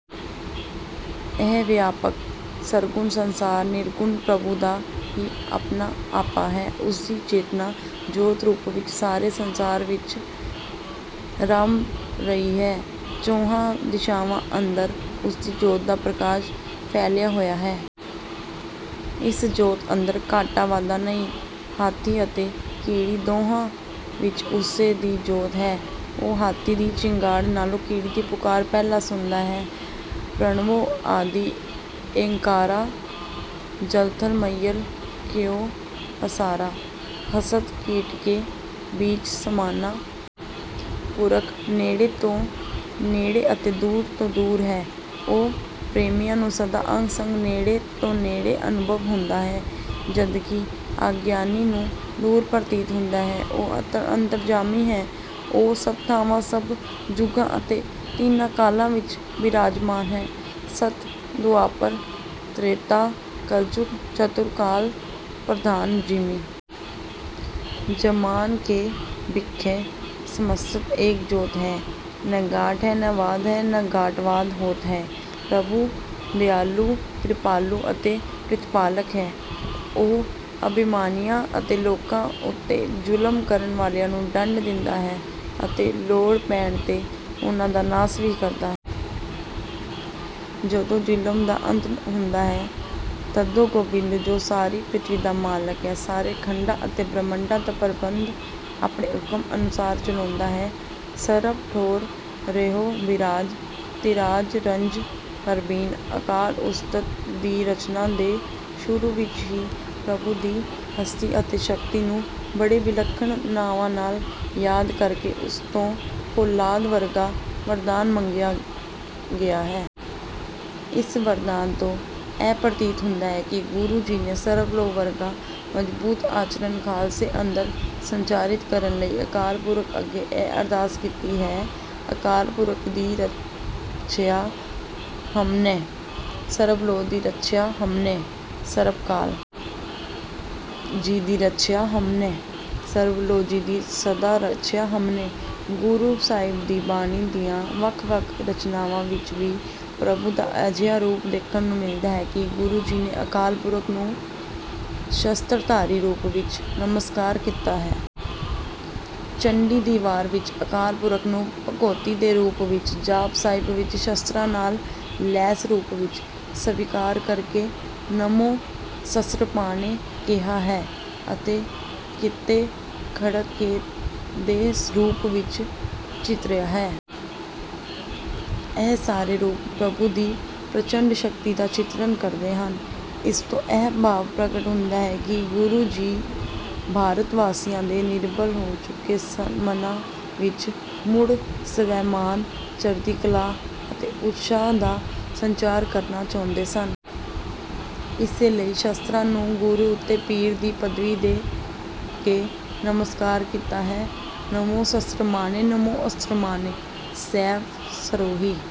ਇਹ ਵਿਆਪਕ ਸਰਗੁਣ ਸੰਸਾਰ ਨਿਰਗੁਣ ਪ੍ਰਭੂ ਦਾ ਹੀ ਆਪਣਾ ਆਪਾ ਹੈ। ਉਸ ਦੀ ਚੇਤਨਾ ਜੋਤ-ਰੂਪ ਵਿੱਚ ਸਾਰੇ ਸੰਸਾਰ ਵਿੱਚ ਰਮ ਰਹੀ ਹੈ। ਚੌਹਾਂ ਦਿਸ਼ਾਵਾਂ ਅੰਦਰ ਉਸ ਦੀ ਜੋਤ ਦਾ ਪ੍ਰਕਾਸ਼ ਫੈਲਿਆ ਹੋਇਆ ਹੈ। ਇਸ ਜੋਤ ਅੰਦਰ ਘਾਟਾ-ਵਾਧਾ ਨਹੀਂ। ਹਾਥੀ ਅਤੇ ਕੀੜੀ ਦੋਹਾਂ ਵਿੱਚ ਉਸੇ ਦੀ ਜੋਤ ਹੈ। ਉਹ ਹਾਥੀ ਦੀ ਚਿੰਗਾੜ ਨਾਲੋਂ ਕੀੜੀ ਦੀ ਪੁਕਾਰ ਪਹਿਲਾਂ ਸੁਣਦਾ ਹੈ ਪ੍ਰਣਵੋ ਆਦਿ ਏਕੰਕਾਰਾ। ਜਲ ਥਲ ਮਹੀਅਲ ਕੀਓ ਪਸਾਰਾ। ਹਸਤਿ ਕੀਟ ਕੇ ਬੀਚ ਸਮਾਨਾ॥ ਅਕਾਲ ਪੁਰਖ ਨੇੜੇ ਤੋਂ ਨੇੜੇ ਅਤੇ ਦੂਰ ਤੋਂ ਦੂਰ ਹੈ। ਉਹ ਪ੍ਰੇਮੀਆਂ ਨੂੰ ਸਦਾ ਅੰਗ-ਸੰਗ, ਨੇੜੇ ਤੋਂ ਨੇੜੇ ਅਨੁਭਵ ਹੁੰਦਾ ਹੈ, ਜਦਕਿ ਅਗਿਆਨੀ ਨੂੰ ਦੂਰ ਪ੍ਰਤੀਤ ਹੁੰਦਾ ਹੈ। ਉਹ ਅੰਤਰਜਾਮੀ ਹੈ। ਉਹ ਸਭ ਥਾਵਾਂ, ਸਭ ਜੁਗਾਂ ਅਤੇ ਤਿੰਨਾਂ ਕਾਲਾਂ ਵਿੱਚ ਬਿਰਾਜਮਾਨ ਹੈ ਸਤਿ ਦੁਆਪਰ ਤ੍ਰੇਤਾ ਕਲਿਜੁਗ ਚਤੁਰ ਕਾਲ ਪ੍ਰਧਾਨ॥ ਜਿਮੀ ਜ਼ਮਾਨ ਕੇ ਬਿਖੈ ਸਮਸਤ ਏਕ ਜੋਤਿ ਹੈ। ਨ ਘਾਟ ਹੈ, ਨ ਵਾਧ ਹੈ, ਨ ਘਾਟ-ਵਾਧ ਹੋਤ ਹੈ॥ ਪ੍ਰਭੂ ਦਇਆਲੂ, ਕਿਰਪਾਲੂ ਅਤੇ ਪ੍ਰਤਿਪਾਲਕ ਹੈ। ਉਹ ਅਭਿਮਾਨੀਆਂ ਅਤੇ ਲੋਕਾਂ ਉੱਤੇ ਜ਼ੁਲਮ ਕਰਨ ਵਾਲਿਆਂ ਨੂੰ ਦੰਡ ਦਿੰਦਾ ਹੈ ਅਤੇ ਲੋੜ ਪੈਣ ’ਤੇ ਉਨ੍ਹਾਂ ਦਾ ਨਾਸ ਵੀ ਕਰਦਾ ਹੈ। ਜਦੋਂ ਜ਼ੁਲਮ ਦਾ ਅੰਤ ਹੁੰਦਾ ਹੈ, ਤਦੋਂ ਗੋਬਿੰਦ, ਜੋ ਸਾਰੀ ਪ੍ਰਿਥਵੀ ਦਾ ਮਾਲਕ ਹੈ, ਸਾਰੇ ਖੰਡਾਂ ਅਤੇ ਬ੍ਰਹਿਮੰਡਾਂ ਦਾ ਪ੍ਰਬੰਧ ਆਪਣੇ ਹੁਕਮ ਅਨੁਸਾਰ ਚਲਾਉਂਦਾ ਹੈ। ਸਰਬ ਠਉਰ ਰਹਿਓ ਬਿਰਾਜ, ਧਿਰਾਜ ਰੰਜ-ਪ੍ਰਬੀਨ॥ ਅਕਾਲ ਉਸਤਤਿ ਦੀ ਰਚਨਾ ਦੇ ਸ਼ੁਰੂ ਵਿੱਚ ਹੀ ਪ੍ਰਭੂ ਦੀ ਹਸਤੀ ਅਤੇ ਸ਼ਕਤੀ ਨੂੰ ਬੜੇ ਵਿਲੱਖਣ ਨਾਵਾਂ ਨਾਲ ਯਾਦ ਕਰਕੇ ਉਸ ਤੋਂ ਫੌਲਾਦ ਵਰਗਾ ਵਰਦਾਨ ਮੰਗਿਆ ਗਿਆ ਹੈ। ਇਸ ਵਰਦਾਨ ਤੋਂ ਇਹ ਪ੍ਰਤੀਤ ਹੁੰਦਾ ਹੈ ਕਿ ਗੁਰੂ ਜੀ ਨੇ ਸਰਬਲੋਹ ਵਰਗਾ ਮਜ਼ਬੂਤ ਆਚਰਨ ਖਾਲਸੇ ਅੰਦਰ ਸੰਚਾਰਿਤ ਕਰਨ ਲਈ ਅਕਾਲ ਪੁਰਖ ਅੱਗੇ ਇਹ ਅਰਦਾਸ ਕੀਤੀ ਹੈ ਅਕਾਲ ਪੁਰਖ ਦੀ ਰੱਛਿਆ ਹਮਨੈ। ਸਰਬ ਲੋਹ ਦੀ ਰੱਛਿਆ ਹਮਨੈ। ਸਰਬਕਾਲ ਜੀ ਦੀ ਰੱਛਿਆ ਹਮਨੈ। ਸਰਬਲੋਹ ਜੀ ਦੀ ਸਦਾ ਰੱਛਿਆ ਹਮਨੈ॥ ਗੁਰੂ ਸਾਹਿਬ ਦੀ ਬਾਣੀ ਦੀਆਂ ਵੱਖ-ਵੱਖ ਰਚਨਾਵਾਂ ਵਿੱਚ ਵੀ ਪ੍ਰਭੂ ਦਾ ਅਜਿਹਾ ਰੂਪ ਦੇਖਣ ਨੂੰ ਮਿਲਦਾ ਹੈ ਕਿ ਗੁਰੂ ਜੀ ਨੇ ਅਕਾਲ ਪੁਰਖ ਨੂੰ ਸ਼ਸਤ੍ਰਧਾਰੀ ਰੂਪ ਵਿੱਚ ਨਮਸਕਾਰ ਕੀਤਾ ਹੈ। ਚੰਡੀ ਦੀ ਵਾਰ ਵਿੱਚ ਅਕਾਲ ਪੁਰਖ ਨੂੰ ਭਗਉਤੀ ਦੇ ਰੂਪ ਵਿੱਚ, ਜਾਪ ਸਾਹਿਬ ਵਿੱਚ ਸ਼ਸਤ੍ਰਾਂ ਨਾਲ ਲੈਸ ਰੂਪ ਵਿੱਚ ਸਵੀਕਾਰ ਕਰਕੇ “ਨਮੋ ਸਸਤ੍ਰਪਾਣੈ” ਕਿਹਾ ਹੈ ਅਤੇ ਕਿਤੇ ਖੜਗ ਕੇਤ ਦੇ ਰੂਪ ਵਿੱਚ ਚਿਤਰਿਆ ਹੈ। ਇਹ ਸਾਰੇ ਰੂਪ ਪ੍ਰਭੂ ਦੀ ਪ੍ਰਚੰਡ ਸ਼ਕਤੀ ਦਾ ਚਿਤਰਨ ਕਰਦੇ ਹਨ। ਇਸ ਤੋਂ ਇਹ ਭਾਵ ਪ੍ਰਗਟ ਹੁੰਦਾ ਹੈ ਕਿ ਗੁਰੂ ਜੀ ਭਾਰਤਵਾਸੀਆਂ ਦੇ ਨਿਰਬਲ ਹੋ ਚੁੱਕੇ ਮਨਾਂ ਵਿੱਚ ਮੁੜ ਸਵੈਮਾਨ, ਚੜ੍ਹਦੀ ਕਲਾ ਅਤੇ ਉਤਸ਼ਾਹ ਦਾ ਸੰਚਾਰ ਕਰਨਾ ਚਾਹੁੰਦੇ ਸਨ। ਇਸੇ ਲਈ ਸ਼ਸਤ੍ਰਾਂ ਨੂੰ ਗੁਰੂ ਅਤੇ ਪੀਰ ਦੀ ਪਦਵੀ ਦੇ ਕੇ ਨਮਸਕਾਰ ਕੀਤਾ ਹੈ ਨਮੋ ਸਸਤ੍ਰਮਾਣੇ ਨਮੋ ਅਸਤ੍ਰਮਾਣੇ॥ ਸੈਫ ਸਰੋਹੀ…